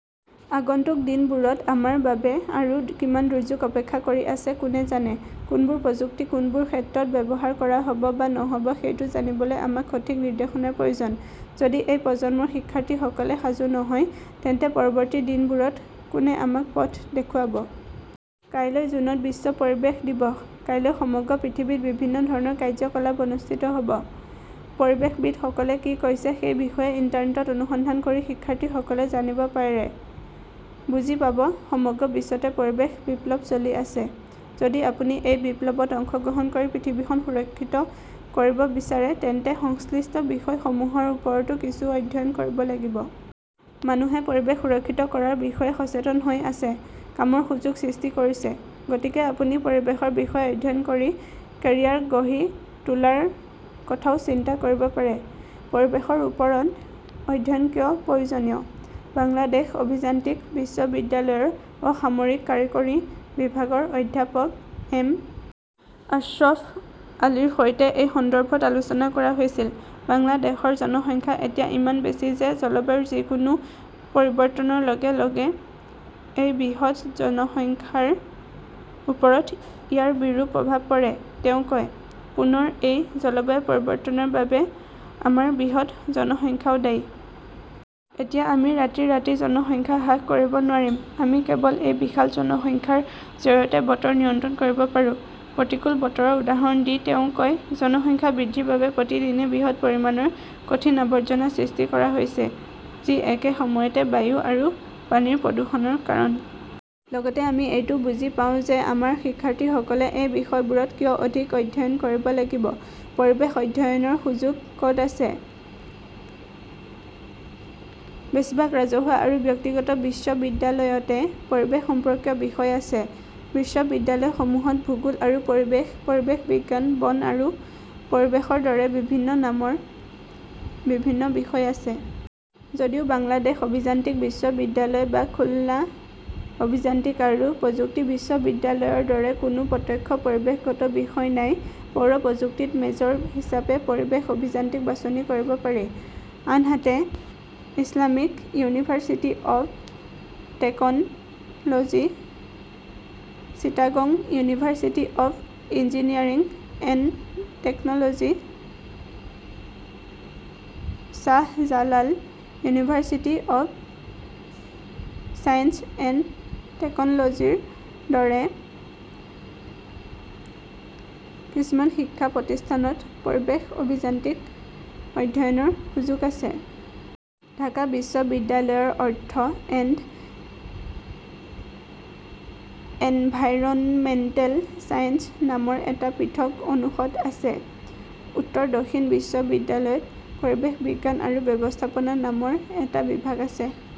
আগন্তুক দিনবোৰত আমাৰ বাবে আৰু কিমান দুৰ্যোগ অপেক্ষা কৰি আছে, কোনে জানে! কোনবোৰ প্ৰযুক্তি কোনবোৰ ক্ষেত্ৰত ব্যৱহাৰ কৰা হব বা নহব সেইটো জানিবলৈ আমাক সঠিক নিৰ্দেশনাৰ প্ৰয়োজন। যদি এই প্ৰজন্মৰ শিক্ষাৰ্থীসকলে সাজু নহয়, তেন্তে পৰৱৰ্তী দিনবোৰত কোনে আমাক পথ দেখুৱাব? কাইলৈ জুনত বিশ্ব পৰিৱেশ দিৱস। কাইলৈ সমগ্ৰ পৃথিৱীত বিভিন্ন ধৰণৰ কাৰ্যকলাপ অনুষ্ঠিত হব। পৰিৱেশবিদসকলে কি কৈছে সেই বিষয়ে ইণ্টাৰনেটত অনুসন্ধান কৰি শিক্ষাৰ্থীসকলে জানিব পাৰে। বুজি পাব, সমগ্ৰ বিশ্বতে পৰিৱেশ-বিপ্লৱ চলি আছে। যদি আপুনি এই বিপ্লৱত অংশগ্ৰহণ কৰি পৃথিৱীখন সুৰক্ষিত কৰিব বিচাৰে তেন্তে সংশ্লিষ্ট বিষয়সমূহৰ ওপৰতো কিছু অধ্যয়ন কৰিব লাগিব। মানুহে পৰিৱেশ সুৰক্ষিত কৰাৰ বিষয়ে সচেতন হৈ আছে, কামৰ সুযোগ সৃষ্টি কৰিছে। গতিকে আপুনি পৰিৱেশৰ বিষয়ে অধ্যয়ন কৰি কেৰিয়াৰ গঢ়ি তোলাৰ কথাও চিন্তা কৰিব পাৰে। পৰিৱেশৰ ওপৰত অধ্যয়ন কিয় প্ৰয়োজনীয়? বাংলাদেশ অভিযান্ত্ৰিক বিশ্ববিদ্যালয়ৰ অসামৰিক কাৰিকৰী বিভাগৰ অধ্যাপক এম. আশ্ৰফ আলীৰ সৈতে এই সন্দৰ্ভত আলোচনা কৰা হৈছিল। "বাংলাদেশৰ জনসংখ্যা এতিয়া ইমান বেছি যে জলবায়ুৰ যিকোনো পৰিৱৰ্তনৰ লগে লগে এই বৃহৎ জনসংখ্যাৰ ওপৰত ইয়াৰ বিৰূপ প্ৰভাৱ পৰে", তেওঁ কয়। পুনৰ এই জলবায়ু পৰিৱৰ্তনৰ বাবে আমাৰ বৃহৎ জনসংখ্যাও দায়ী। এতিয়া আমি ৰাতিৰাতি জনসংখ্যা হ্ৰাস কৰিব নোৱাৰিম। আমি কেৱল এই বিশাল জনসংখ্যাৰ জৰিয়তে বতৰ নিয়ন্ত্ৰণ কৰিব পাৰোঁ। "প্ৰতিকূল বতৰৰ উদাহৰণ দি তেওঁ কয়", "জনসংখ্যা বৃদ্ধিৰ বাবে প্ৰতিদিনে বৃহৎ পৰিমাণৰ" "কঠিন আৱৰ্জনা" "সৃষ্টি কৰা হৈছে, যি একে সময়তে বায়ু আৰু পানীৰ প্ৰদূষণৰ কাৰণ। লগতে আমি এইটোও বুজি পাওঁ যে আমাৰ শিক্ষাৰ্থীসকলে এই বিষয়বোৰত কিয় অধিক অধ্যয়ন কৰিব লাগিব। "পৰিৱেশ অধ্যয়নৰ সুযোগ ক’ত আছে? বেছিভাগ ৰাজহুৱা আৰু ব্যক্তিগত বিশ্ববিদ্যালয়তে পৰিৱেশ সম্পৰ্কীয় বিষয় আছে। বিশ্ববিদ্যালয়সমূহত ভূগোল আৰু পৰিৱেশ, পৰিৱেশ বিজ্ঞান, বন আৰু পৰিৱেশৰ দৰে বিভিন্ন নামৰ বিভিন্ন বিষয় আছে। যদিও বাংলাদেশ অভিযান্ত্ৰিক বিশ্ববিদ্যালয় বা খুলনা অভিযান্ত্ৰিক আৰু প্ৰযুক্তি বিশ্ববিদ্যালয়ৰ দৰে কোনো প্ৰত্যক্ষ পৰিৱেশগত বিষয় নাই, পৌৰ প্ৰযুক্তিত মেজৰ হিচাপে 'পৰিৱেশ অভিযান্ত্ৰিক' বাছনি কৰিব পাৰি। আনহাতে, Islamic university of 'technology, Chittagong university of engineering and technology, Shahjalal university of science and টেকন 'লজিৰ দৰে কিছুমান শিক্ষা প্ৰতিষ্ঠানত পৰিৱেশ অভিযান্ত্ৰিক অধ্যয়নৰ সুযোগ আছে। ঢাকা বিশ্ববিদ্যালয়ৰ অৰ্থ এণ্ড এনভাইৰনমেণ্টেল ছায়েন্স নামৰ এটা পৃথক অনুষদ আছে। উত্তৰ দক্ষিণ বিশ্ববিদ্যালয়ত পৰিৱেশ বিজ্ঞান আৰু ব্যৱস্থাপনা নামৰ এটা বিভাগ আছে।